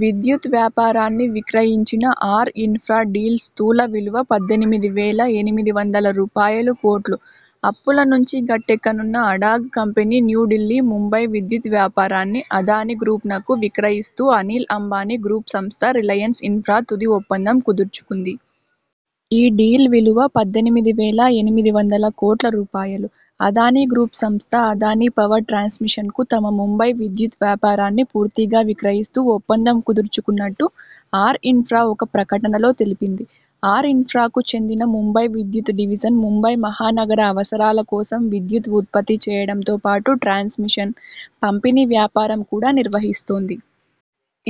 విద్యుత్ వ్యాపారాన్ని విక్రయించిన ఆర్ ఇన్ఫ్రా డీల్ స్థూల విలువ పద్దెనిమిది వేల ఎనిమిది వందల రూపాయలుకోట్లు. అప్పుల నుంచి గట్టెక్కనున్న అడాగ్ కంపెనీ న్యూఢిల్లీ ముంబై విద్యుత్ వ్యాపారాన్ని అదానీ గ్రూప్ నకు విక్రయిస్తూ అనిల్ అంబానీ గ్రూప్ సంస్థ రిలయన్స్ ఇన్ఫ్రా తుది ఒప్పందం కుదుర్చుకుంది. ఈ డీల్ విలువ పద్దెనిమిది వేల ఎనిమిది వందల కోట్ల రూపాయలు. అదానీ గ్రూప్ సంస్థ అదానీ పవర్ ట్రాన్స్మిషన్ కు తమ ముంబై విద్యుత్ వ్యాపారాన్ని పూర్తిగా విక్రయిస్తూ ఒప్పందం కుదుర్చుకున్నట్టు ఆర్ ఇన్ఫ్రా ఒక ప్రకటనలో తెలిపింది. ఆర్ ఇన్ఫ్రాకు చెందిన ముంబై విద్యుత్ డివిజన్ ముంబై మహానగర అవసరాల కోసం విద్యుత్ ఉత్పత్తి చేయడంతో పాటు ట్రాన్స్మిషన్, పంపిణీ వ్యాపారం కూడా నిర్వహిస్తోంది.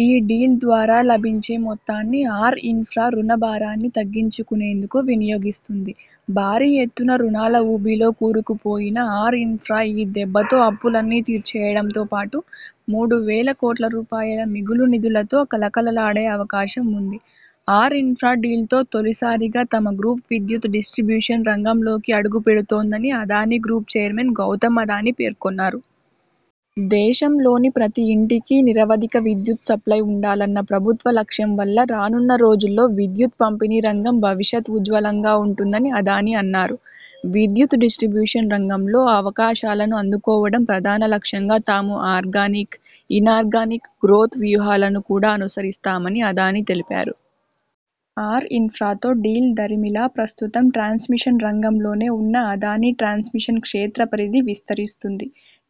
ఈ డీల్ ద్వారా లభించే మొత్తాన్ని ఆర్ఇన్ఫ్రా రుణ భారాన్ని తగ్గించుకునేందుకు వినియోగిస్తుంది. భారీ ఎత్తున రుణాల ఊబిలో కూరుకుపోయిన ఆర్ఇన్ఫ్రా ఈ దెబ్బతో అప్పులన్నీ తీర్చేయడంతో పాటు మూడు వేల కోట్ల రూపాయల మిగులు నిధులతో కళకళలాడే అవకాశం ఉంది. ఆర్ ఇన్ఫ్రా డీల్ తో తొలిసారిగా తమ గ్రూప్ విద్యుత్ డిస్ట్రిబ్యూషన్ రంగంలోకి అడుగుపెడుతోందనీ అదానీ గ్రూప్ చైర్మన్ గౌతమ్ అదానీ పేర్కొన్నారు. దేశంలోని ప్రతి ఇంటికీ నిరవధిక విద్యుత్ సప్లయ్ ఉండాలన్న ప్రభుత్వ లక్ష్యం వల్ల రానున్న రోజుల్లో విద్యుత్ పంపిణీ రంగం భవిష్యత్ ఉజ్వలంగా ఉంటుందని అదానీ అన్నారు. విద్యుత్ డిస్ట్రిబ్యూషన్ రంగంలో అవకాశాలను అందుకోవడం ప్రధాన లక్ష్యంగా తాము ఆర్గానిక్, ఇనార్గానిక్ గ్రోత్ వ్యూహాలను కూడా అనుసరిస్తామని అదానీ తెలిపారు. ఆర్ఇన్ఫ్రాతో డీల్ దరిమిలా ప్రస్తుతం ట్రాన్స్మిషన్ రంగంలోనే ఉన్న అదానీ ట్రాన్స్మిషన్ క్షేత్ర పరిధి విస్తరిస్తుంది.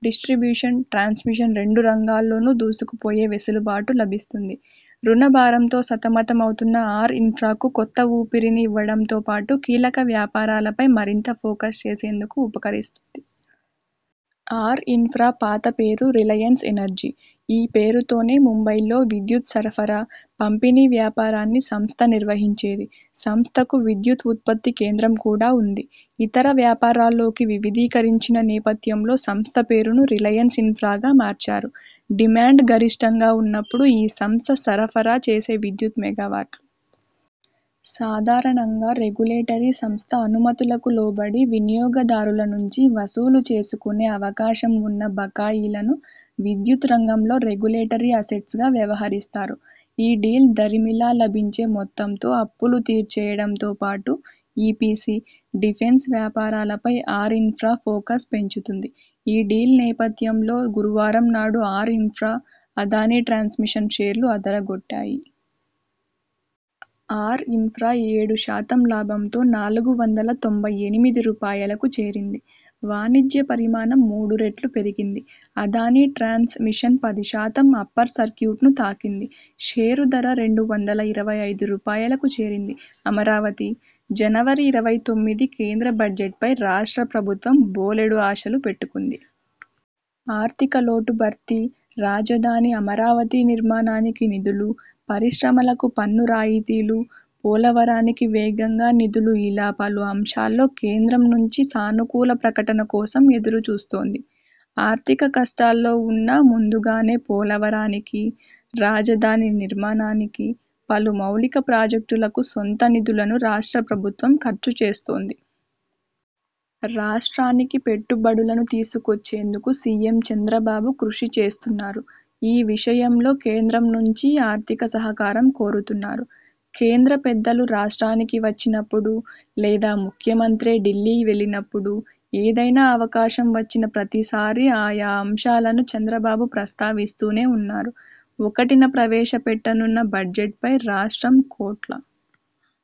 డిస్ట్రిబ్యూషన్, ట్రాన్స్మిషన్ రెండు రంగాల్లోనూ దూసుకుపోయే వెసులుబాటు లభిస్తుంది. రుణ భారంతో సతమతమవుతున్న ఆర్ ఇన్ఫ్రాకు కొత్త ఊపిరిని ఇవ్వడంతో పాటు కీలక వ్యాపారాలపై మరింత ఫోకస్ చేసేందుకు ఉపకరిస్తుంది. ఆర్ఇన్ఫ్రా పాత పేరు రిలయన్స్ ఎనర్జీ. ఈ పేరుతోనే ముంబైలో విద్యుత్ సరఫరా, పంపిణీ వ్యాపారాన్ని సంస్థ నిర్వహించేది, సంస్థకు విద్యుత్ ఉత్పత్తి కేంద్రం కూడా ఉంది. ఇతర వ్యాపారాల్లోకి వివిధీకరించిన నేపథ్యంలో సంస్థ పేరును రిలయన్స్ ఇన్ఫ్రాగా మార్చారు. డిమాండ్ గరిష్ఠంగా ఉన్నప్పుడు ఈ సంస్థ సరఫరా చేసే విద్యుత్ మెగావాట్లు. సాధారణంగా రెగ్యులేటరీ సంస్థ అనుమతులకు లోబడి వినియోగదారులనుంచి వసూలు చేసుకునే అవకాశం ఉన్న బకాయిలను విద్యుత్ రంగంలో రెగ్యులేటరీ అసెట్స్ గా వ్యవహరిస్తారు. ఈ డీల్ దరిమిలా లభించే మొత్తంతో అప్పులు తీర్చేయడంతో పాటు ఇపిసి, డిఫెన్స్ వ్యాపారాలపై ఆర్ఇన్ఫ్రా ఫోకస్ పెంచుతుంది. ఈ డీల్ నేపథ్యంలో గురువారం నాడు ఆర్ ఇన్ఫ్రా, అదానీ ట్రాన్స్మిషన్ షేర్లు అదరగొట్టాయి. ఆర్ఇన్ఫ్రా ఏడు శాతం లాభంతో నాలుగు వందల తొంభై ఎనిమిది రూపాయలకు చేరింది. వాణిజ్య పరిమాణం మూడు రెట్లు పెరిగింది. అదానీ ట్రాన్స్ మిషన్ పది శాతం అప్పర్ సర్క్యుట్ ను తాకింది. షేరు ధర రెండు వందల ఇరవై ఐదు రూపాయలకు చేరింది. అమరావతి, జనవరి ఇరవై తొమ్మిది కేంద్ర బడ్జెట్ పై రాష్ట్ర ప్రభుత్వం బోలెడు ఆశలు పెట్టుకుంది. ఆర్థిక లోటు భర్తీ, రాజధాని అమరావతి నిర్మాణానికి నిధులు, పరిశ్రమలకు పన్ను రాయితీలు, పోలవరానికి వేగంగా నిధులుఇలా పలు అంశాల్లో కేంద్రం నుంచి సానుకూల ప్రకటన కోసం ఎదురుచూస్తోంది. ఆర్థిక కష్టాల్లో ఉన్నా ముందుగానే పోలవరానికి, రాజధాని నిర్మాణానికి, పలు మౌలిక ప్రాజెక్టులకు సొంత నిధులను రాష్ట్ర ప్రభుత్వం ఖర్చు చేస్తోంది. రాష్ట్రానికి పెట్టుబడులను తీసుకొచ్చేందుకు సీఎం చంద్రబాబు కృషి చేస్తున్నారు. ఈ విషయంలో కేంద్రం నుంచీ ఆర్థిక సహకారం కోరుతున్నారు. కేంద్ర పెద్దలు రాష్ట్రానికి వచ్చినప్పుడు, లేదా ముఖ్యమంత్రే ఢిల్లీ వెళ్లినప్పుడు, ఏదైనా అవకాశం వచ్చిన ప్రతిసారీ ఆయా అంశాలను చంద్రబాబు ప్రస్తావిస్తూనే ఉన్నారు. ఒకటిన ప్రవేశ పెట్టనున్న బడ్జెట్ పై రాష్ట్రం 'కోట్ల'